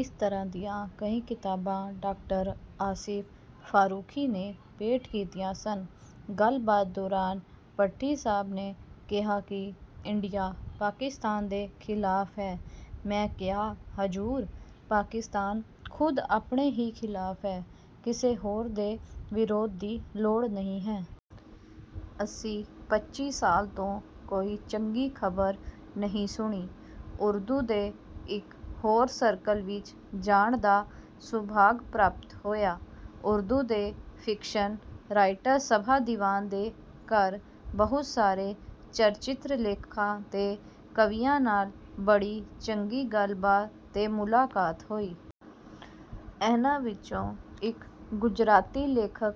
ਇਸ ਤਰ੍ਹਾਂ ਦੀਆਂ ਕਈ ਕਿਤਾਬਾਂ ਡਾਕਟਰ ਆਸਿਫ ਫ਼ਾਰੂਖੀ ਨੇ ਭੇਂਟ ਕੀਤੀਆਂ ਸਨ। ਗੱਲਬਾਤ ਦੌਰਾਨ ਭੱਟੀ ਸਾਹਬ ਨੇ ਕਿਹਾ ਕਿ ਇੰਡੀਆ ਪਾਕਿਸਤਾਨ ਦੇ ਖ਼ਿਲਾਫ਼ ਹੈ। ਮੈਂ ਕਿਹਾ, "ਹਜ਼ੂਰ, ਪਾਕਿਸਤਾਨ ਖ਼ੁਦ ਆਪਣੇ ਹੀ ਖ਼ਿਲਾਫ਼ ਏ, ਕਿਸੇ ਹੋਰ ਦੇ ਵਿਰੋਧ ਦੀ ਲੋੜ ਨਹੀਂ ਹੈ।" ਅਸੀਂ ਪੱਚੀ ਸਾਲ ਤੋਂ ਕੋਈ ਚੰਗੀ ਖ਼ਬਰ ਨਹੀਂ ਸੁਣੀ।" ਉਰਦੂ ਦੇ ਇਕ ਹੋਰ ਸਰਕਲ ਵਿਚ ਜਾਣ ਦਾ ਸੁਭਾਗ ਪ੍ਰਾਪਤ ਹੋਇਆ। ਉਰਦੂ ਦੇ ਫਿਕਸ਼ਨ ਰਾਈਟਰ ਸਬਾ ਦੀਵਾਨ ਦੇ ਘਰ ਬਹੁਤ ਸਾਰੇ ਚਰਚਿਤ ਲੇਖਕਾਂ ਤੇ ਕਵੀਆਂ ਨਾਲ ਬੜੀ ਚੰਗੀ ਗੱਲਬਾਤ ਤੇ ਮੁਲਾਕਾਤ ਹੋਈ। ਇਹਨਾਂ ਵਿਚੋਂ ਇਕ ਗੁਜਰਾਤੀ ਲੇਖਕ,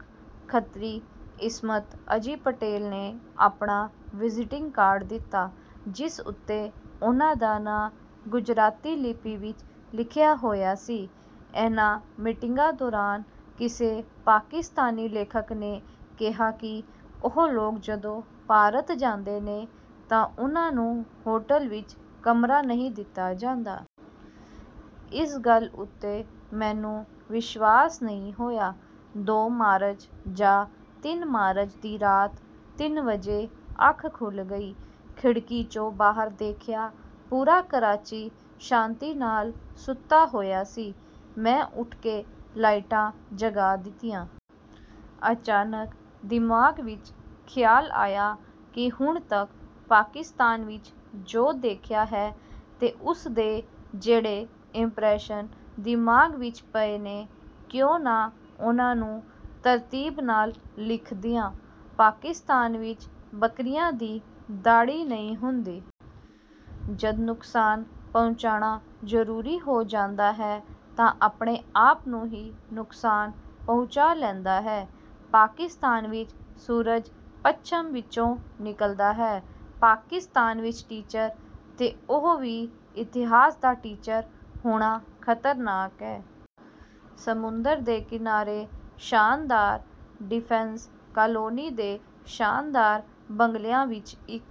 ਖੱਤਰੀ ਇਸਮਤ ਅਜੀ ਪਟੇਲ, ਨੇ ਆਪਣਾ ਵਿਜ਼ਿਟਿੰਗ ਕਾਰਡ ਦਿੱਤਾ, ਜਿਸ ਉੱਤੇ ਉਹਨਾਂ ਦਾ ਨਾਂ ਗੁਜਰਾਤੀ ਲਿੱਪੀ ਵਿਚ ਲਿਖਿਆ ਹੋਇਆ ਸੀ। ਇਹਨਾਂ ਮੀਟਿੰਗਾਂ ਦੌਰਾਨ ਕਿਸੇ ਪਾਕਿਸਤਾਨੀ ਲੇਖਕ ਨੇ ਕਿਹਾ ਕਿ ਉਹ ਲੋਕ ਜਦੋਂ ਭਾਰਤ ਜਾਂਦੇ ਨੇ ਤਾਂ ਉਹਨਾਂ ਨੂੰ ਹੋਟਲ ਵਿਚ ਕਮਰਾ ਨਹੀਂ ਦਿੱਤਾ ਜਾਂਦਾ। ਇਸ ਗੱਲ ਉੱਤੇ ਮੈਨੂੰ ਵਿਸ਼ਵਾਸ ਨਹੀਂ ਹੋਇਆ। ਦੋ ਮਾਰਚ, ਜਾਂ ਤਿੰਨ ਮਾਰਚ, ਦੀ ਰਾਤ ਤਿੰਨ ਵਜੇ ਅੱਖ ਖੁੱਲ੍ਹ ਗਈ। ਖਿੜਕੀ 'ਚੋਂ ਬਾਹਰ ਦੇਖਿਆ। ਪੂਰਾ ਕਰਾਚੀ ਸ਼ਾਂਤੀ ਨਾਲ ਸੁੱਤਾ ਹੋਇਆ ਸੀ। ਮੈਂ ਉੱਠ ਕੇ ਲਾਈਟਾਂ ਜਗਾ ਦਿੱਤੀਆਂ। ਅਚਾਨਕ ਦਿਮਾਗ਼ ਵਿਚ ਖ਼ਿਆਲ ਆਇਆ ਕਿ ਹੁਣ ਤੱਕ ਪਾਕਿਸਤਾਨ ਵਿਚ ਜੋ ਦੇਖਿਆ ਹੈ ਤੇ ਉਸਦੇ ਜਿਹੜੇ 'ਇੰਪ੍ਰੈਸ਼ਨ' ਦਿਮਾਗ਼ ਵਿਚ ਪਏ ਨੇ, ਕਿਉਂ ਨਾ ਉਹਨਾਂ ਨੂੰ ਤਰਤੀਬ ਨਾਲ ਲਿਖ ਦਿਆਂ... ਪਾਕਿਸਤਾਨ ਵਿਚ ਬਕਰਿਆਂ ਦੀ ਦਾੜ੍ਹੀ ਨਹੀਂ ਹੁੰਦੀ।... ਜਦ ਨੁਕਸਾਨ ਪਹੁੰਚਾਉਣਾ ਜ਼ਰੂਰੀ ਹੋ ਜਾਂਦਾ ਹੈ ਤਾਂ ਆਪਣੇ ਆਪ ਨੂੰ ਹੀ ਨੁਕਸਾਨ ਪਹੁੰਚਾ ਲੈਂਦਾ ਹੈ।... ਪਾਕਿਸਤਾਨ ਵਿਚ ਸੂਰਜ ਪੱਛਮ ਵਿਚੋਂ ਨਿਕਲਦਾ ਹੈ।... ਪਾਕਿਸਤਾਨ ਵਿਚ ਟੀਚਰ, ਤੇ ਉਹ ਵੀ ਇਤਿਹਾਸ ਦਾ ਟੀਚਰ, ਹੋਣਾ ਖ਼ਤਰਨਾਕ ਹੈ।... ਸਮੁੰਦਰ ਦੇ ਕਿਨਾਰੇ ਸ਼ਾਨਦਾਰ ਡਿਫੈਂਸ ਕਾਲੋਨੀ ਦੇ ਸ਼ਾਨਦਾਰ ਬੰਗਲਿਆਂ ਵਿਚ ਇਕ...